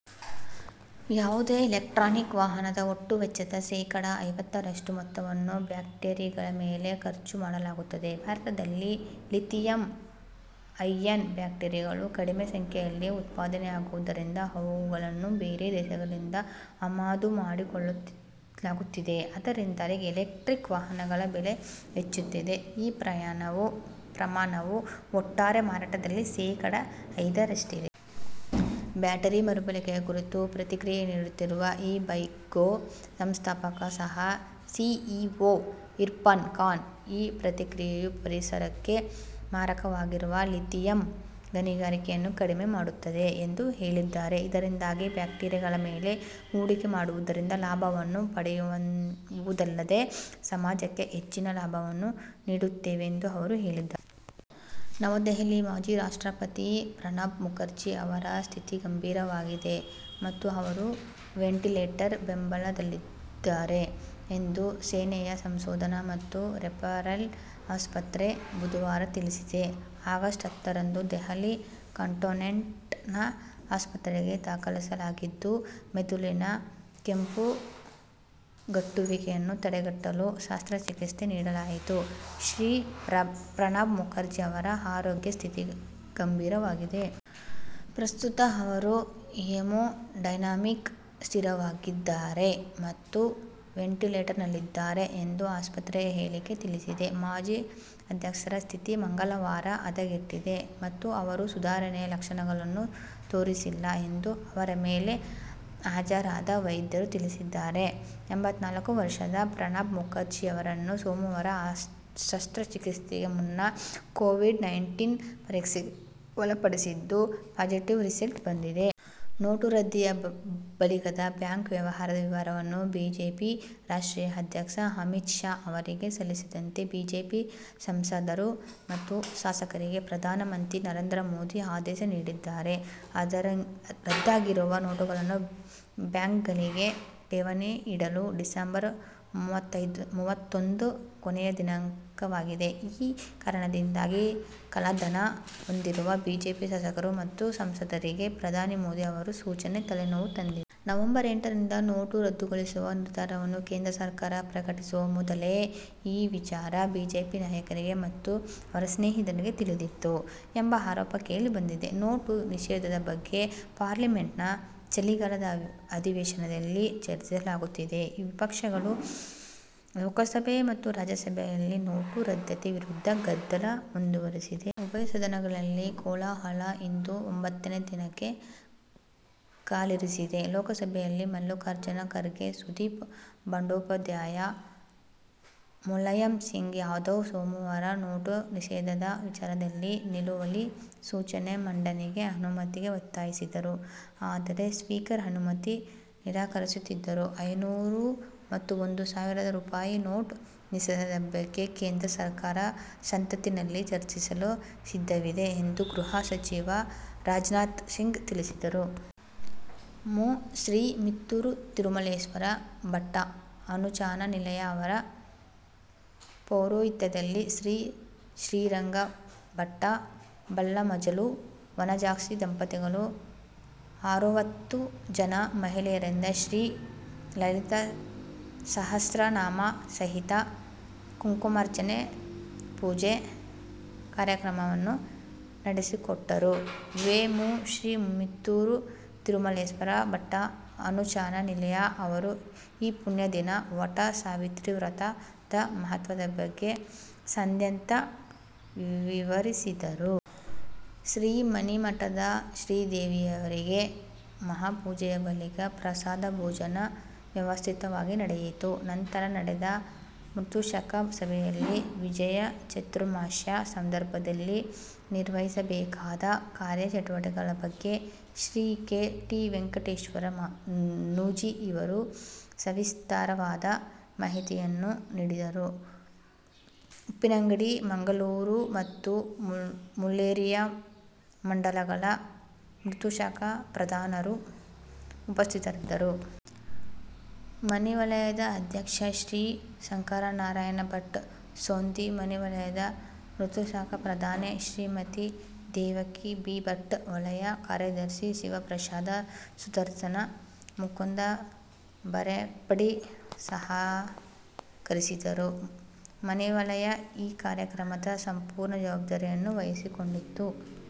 ಯಾವುದೇ ಎಲೆಕ್ಟ್ರಿಕ್ ವಾಹನದ ಒಟ್ಟು ವೆಚ್ಚದ ಶೇಖಡ ಐವತ್ತರಷ್ಟು ಮೊತ್ತವನ್ನು ಬ್ಯಾಟರಿಗಳ ಮೇಲೆ ಖರ್ಚು ಮಾಡಲಾಗುತ್ತದೆ. ಭಾರತದಲ್ಲಿ ಲಿಥಿಯಂ ಐಯಾನ್ ಬ್ಯಾಟರಿಗಳು ಕಡಿಮೆ ಸಂಖ್ಯೆಯಲ್ಲಿ ಉತ್ಪಾದನೆಯಾಗುವುದರಿಂದ ಅವುಗಳನ್ನು ಬೇರೆ ದೇಶಗಳಿಂದ ಆಮದು ಮಾಡಿಕೊಳ್ಳಲಾಗುತ್ತಿದೆ. ಇದರಿಂದಾಗಿ ಎಲೆಕ್ಟ್ರಿಕ್ ವಾಹನಗಳ ಬೆಲೆ ಹೆಚ್ಚುತ್ತಿದೆ. ಈ ಪ್ರಮಾಣವು ಒಟ್ಟಾರೆ ಮಾರಾಟದಲ್ಲಿ ಶೇಖಡ ಐದರಷ್ಟಿದೆ. ಬ್ಯಾಟರಿ ಮರುಬಳಕೆಯ ಕುರಿತು ಪ್ರತಿಕ್ರಿಯೆ ನೀಡಿರುವ ಇ-ಬೈಕ್ ಗೋ ಸಂಸ್ಥಾಪಕ ಸಹ-ಸಿಇಒ ಇರ್ಫಾನ್ ಖಾನ್, ಈ ಪ್ರಕ್ರಿಯೆಯು ಪರಿಸರಕ್ಕೆ ಮಾರಕವಾಗಿರುವ ಲಿಥಿಯಂ ಗಣಿಗಾರಿಕೆಯನ್ನು ಕಡಿಮೆ ಮಾಡುತ್ತದೆ ಎಂದು ಹೇಳಿದಾರೆ. ಇದರಿಂದಾಗಿ ಬ್ಯಾಟರಿಗಳ ಮೇಲೆ ಹೂಡಿಕೆ ಮಾಡುವುದರಿಂದ ಲಾಭವನ್ನು ಪಡೆಯುವುದಲ್ಲದೆ, ಸಮಾಜಕ್ಕೆ ಹೆಚ್ಚಿನ ಲಾಭವನ್ನು ನೀಡುತ್ತೇವೆ ಎಂದು ಅವರು ಹೇಳಿದ್ದಾರೆ. ನವದೆಹಲಿ: ಮಾಜಿ ರಾಷ್ಟ್ರಪತಿ ಪ್ರಣಬ್ ಮುಖರ್ಜಿ ಅವರ ಸ್ಥಿತಿ ಗಂಭೀರವಾಗಿದೆ ಮತ್ತು ಅವರು ವೆಂಟಿಲೇಟರ್ ಬೆಂಬಲದಲ್ಲಿದ್ದಾರೆ ಎಂದು ಸೇನೆಯ ಸಂಶೋಧನಾ ಮತ್ತು ರೆಫರಲ್ ಆಸ್ಪತ್ರೆ ಬುಧವಾರ ತಿಳಿಸಿದೆ. ಆಗಸ್ಟ್ ಹತ್ತರಂದು ದೆಹಲಿ ಕಂಟೋನ್ಮೆಂಟ್ನ ಆಸ್ಪತ್ರೆಗೆ ದಾಖಲಿಸಲಾಗಿದ್ದು, ಮೆದುಳಿನಲ್ಲಿ ಹೆಪ್ಪುಗಟ್ಟುವಿಕೆಯನ್ನು ತೆಗೆದುಹಾಕಲು ಶಸ್ತ್ರಚಿಕಿತ್ಸೆ ಮಾಡಲಾಯಿತು. "ಶ್ರೀ. ಪ್ರಣಬ್ ಮುಖರ್ಜಿ ಅವರ ಆರೋಗ್ಯ ಸ್ಥಿತಿ ಗಂಭೀರವಾಗಿದೆ. ಪ್ರಸ್ತುತ ಅವರು ಹೆಮೋಡೈನಮಿಕ್ ಸ್ಥಿರವಾಗಿದ್ದಾರೆ ಮತ್ತು ವೆಂಟಿಲೇಟರ್ನಲ್ಲಿದ್ದಾರೆ" ಎಂದು ಆಸ್ಪತ್ರೆಯ ಹೇಳಿಕೆ ತಿಳಿಸಿದೆ. ಮಾಜಿ ಅಧ್ಯಕ್ಷರ ಸ್ಥಿತಿ ಮಂಗಳವಾರ ಹದಗೆಟ್ಟಿದೆ ಮತ್ತು ಅವರು ಸುಧಾರಣೆಯ ಲಕ್ಷಣಗಳನ್ನು ತೋರಿಸಿಲ್ಲ ಎಂದು ಅವರ ಮೇಲೆ ಹಾಜರಾದ ವೈದ್ಯರು ತಿಳಿಸಿದ್ದಾರೆ. ಎಂಬತ್ನಾಲ್ಕು ವರ್ಷದ ಪ್ರಣಬ್ ಮುಖರ್ಜಿಯವರನ್ನು ಸೋಮವಾರ ಶಸ್ತ್ರಚಿಕಿತ್ಸೆಗೆ ಮುನ್ನ ಕೋವಿಡ್ - ನೈಂಟೀನ್ ಪರೀಕ್ಷೆಗೆ ಒಳಪಡಿಸಿದ್ದು, ಪಾಸಿಟಿವ್ ರಿಸಲ್ಟ್ ಬಂದಿದೆ. ನೋಟು ರದ್ದತಿಯ ಬಳಿಕದ ಬ್ಯಾಂಕ್ ವ್ಯವಹಾರದ ವಿವರವನ್ನು ಬಿಜೆಪಿ ರಾಷ್ಟ್ರೀಯ ಅಧ್ಯಕ್ಷ ಅಮಿತ್ ಶಾ ಅವರಿಗೆ ಸಲ್ಲಿಸುವಂತೆ ಬಿಜೆಪಿ ಸಂಸದರು ಮತ್ತು ಶಾಸಕರಿಗೆ ಪ್ರಧಾನ ಮಂತ್ರಿ ನರೇಂದ್ರ ಮೋದಿ ಆದೇಶ ನೀಡಿದ್ದಾರೆ. ರದ್ದಾಗಿರುವ ನೋಟುಗಳನ್ನು ಬ್ಯಾಂಕ್ಗಳಿಗೆ ಠೇವಣಿ ಇಡಲು ಡಿಸೆಂಬರ್ ಮೂವತ್ತೊಂದು ಕೊನೆಯ ದಿನವಾಗಿದೆ. ಈ ಕಾರಣದಿಂದಾಗಿ ಕಾಳ ಧನ ಹೊಂದಿರುವ ಬಿಜೆಪಿ ಶಾಸಕರು ಮತ್ತು ಸಂಸದರಿಗೆ ಪ್ರಧಾನಿ ಮೋದಿ ಅವರ ಸೂಚನೆ ತಲೆನೋವು ತಂದಿದೆ. ನವಂಬರ್ ಎಂಟರಿಂದ ನೋಟು ರದ್ದುಗೊಳಿಸುವ ನಿರ್ಧಾರವನ್ನು ಕೇಂದ್ರ ಸರಕಾರ ಪ್ರಕಟಿಸುವ ಮೊದಲೇ ಈ ವಿಚಾರ ಬಿಜೆಪಿ ನಾಯಕರಿಗೆ ಮತ್ತು ಅವರ ಸ್ನೇಹಿತರಿಗೆ ತಿಳಿದಿತ್ತು ಎಂಬ ಆರೋಪ ಕೇಳಿ ಬಂದಿದೆ. ನೋಟು ನಿಷೇಧದ ಬಗ್ಗೆ ಪಾರ್ಲಿಮೆಂಟ್ ನ ಚಳಿಗಾಲದ ಅಧಿವೇಶನದಲ್ಲಿ ಚರ್ಚಿಸಲಾಗುತ್ತಿದೆ. ವಿಪಕ್ಷಗಳು ಲೋಕಸಭೆ ಮತ್ತು ರಾಜ್ಯಸಭೆಯಲ್ಲಿ ನೋಟು ರದ್ದತಿ ವಿರುದ್ಧ ಗದ್ದಲ ಮುಂದುವರಿಸಿದೆ. ಉಭಯ ಸದನಗಳಲ್ಲಿ ಕೋಲಾಹಲ ಇಂದು ಒಂಭತ್ತನೇ ದಿನಕ್ಕೆ ಕಾಲಿರಿಸಿದೆ. ಲೋಕಸಭೆಯಲ್ಲಿ ಮಲ್ಲಿಕಾರ್ಜುನ ಖರ್ಗೆ ಸುದೀಪ್ ಬಂಡೋಪಾಧ್ಯಾಯ, ಮುಲಾಯಂ ಸಿಂಗ್ ಯಾದವ್ ಸೋಮವಾರ ನೋಟು ನಿಷೇಧದ ವಿಚಾರದಲ್ಲಿ ನಿಲುವಳಿ ಸೂಚನೆ ಮಂಡನೆಗೆ ಅನುಮತಿಗೆ ಒತ್ತಾಯಿಸಿದ್ದರು. ಆದರೆ ಸ್ಪೀಕರ್ ಅನುಮತಿ ನಿರಾಕರಿಸಿದ್ದರು. ಐನೂರು ಮತ್ತು ಒಂದು ಸಾವಿರ ರೂಪಾಯಿ ನೋಟ್ ನಿಷೇಧದ ಬಗ್ಗೆ ಕೇಂದ್ರ ಸರಕಾರ ಸಂಸತ್ತಿನಲ್ಲಿ ಚರ್ಚಿಸಲು ಸಿದ್ಧವಿದೆ ಎಂದು ಗೃಹ ಸಚಿವ ರಾಜ್ನಾಥ್ ಸಿಂಗ್ ತಿಳಿಸಿದ್ದರು. ಮೂ. ಶ್ರೀ ಮಿತ್ತೂರು ತಿರುಮಲೇಶ್ವರ ಭಟ್ಟ, ಅನೂಚಾನ ನಿಲಯ ಇವರ ಪೌರೋಹಿತ್ಯದಲ್ಲಿ, ಶ್ರೀ ಶ್ರೀರಂಗ ಭಟ್ಟ ಬಳ್ಳಮಜಲು, ವನಜಾಕ್ಷಿ ದಂಪತಿಗಳು ಅರುವತ್ತು ಜನ ಮಹಿಳೆಯರಿಂದ ಶ್ರೀ ಲಲಿತಾಸಹಸ್ರನಾಮ ಸಹಿತ ಕುಂಕುಮಾರ್ಚನೆ ಪೂಜೆ ಕಾರ್ಯಕ್ರಮವನ್ನು ನಡೆಸಿಕೊಟ್ಟರು. ವೇ. ಮೂ. ಶ್ರೀ ಮಿತ್ತೂರು ತಿರುಮಲೇಶ್ವರ ಭಟ್ಟ, ಅನೂಚಾನ ನಿಲಯ ಇವರು ಈ ಪುಣ್ಯದಿನ "ವಟ ಸಾವಿತ್ರೀ ವ್ರತ"ದ ಮಹತ್ವದ ಬಗ್ಗೆ ಸಾದ್ಯಂತ ವಿವರಿಸಿದರು. ಶ್ರೀಮಾಣಿ ಮಠದ ಶ್ರೀದೇವರಿಗೆ ಮಹಾಪೂಜೆಯ ಬಳಿಕ ಪ್ರಸಾದ ಭೋಜನ ವ್ಯವಸ್ಥಿತವಾಗಿ ನಡೆಯಿತು. ನಂತರ ನಡೆದ ಮಾತೃಶಾಖಾ ಸಭೆಯಲ್ಲಿ, ವಿಜಯ ಚಾತುರ್ಮಾಸ್ಯ ಸಂದರ್ಭದಲ್ಲಿ ನಿರ್ವಹಿಸಬೇಕಾದ ಕಾರ್ಯಚಟುವಟಿಕೆಗಳ ಬಗ್ಗೆ, ಶ್ರೀ ಕೆ. ಟಿ. ವೆಂಕಟೇಶ್ವರ ನೂಜಿ, ಇವರು ಸವಿಸ್ತಾರವಾದ ಮಾಹಿತಿಯನ್ನು ನೀಡಿದರು. ಉಪ್ಪಿನಂಗಡಿ, ಮಂಗಳೂರು ಮತ್ತು ಮುಳ್ಳೇರಿಯಾ ಮಂಡಲಗಳ ಮಾತೃಶಾಖಾ ಪ್ರಧಾನರು ಉಪಸ್ಥಿತರಿದ್ದರು. ಮಾಣಿ ವಲಯದ ಅಧ್ಯಕ್ಷ ಶ್ರೀ ಶಂಕರನಾರಾಯಣ ಭಟ್ ಸೊಂದಿ, ಮಾಣಿ ವಲಯದ ಮಾತೃಶಾಖಾ ಪ್ರಧಾನೆ ಶ್ರೀಮತಿ. ದೇವಕಿ ಬಿ. ಭಟ್, ವಲಯ ಕಾರ್ಯದರ್ಶಿ ಶಿವಪ್ರಸಾದ, ಸುದರ್ಶನ, ಮುಕುಂದ ಬರೆಪ್ಪಾಡಿ ಸಹಕರಿಸಿದರು. ಮಾಣಿ ವಲಯ ಈ ಕಾರ್ಯಕ್ರಮದ ಸಂಪೂರ್ಣ ಜವಾಬ್ದಾರಿಯನ್ನು ವಹಿಸಿಕೊಂಡಿತ್ತು.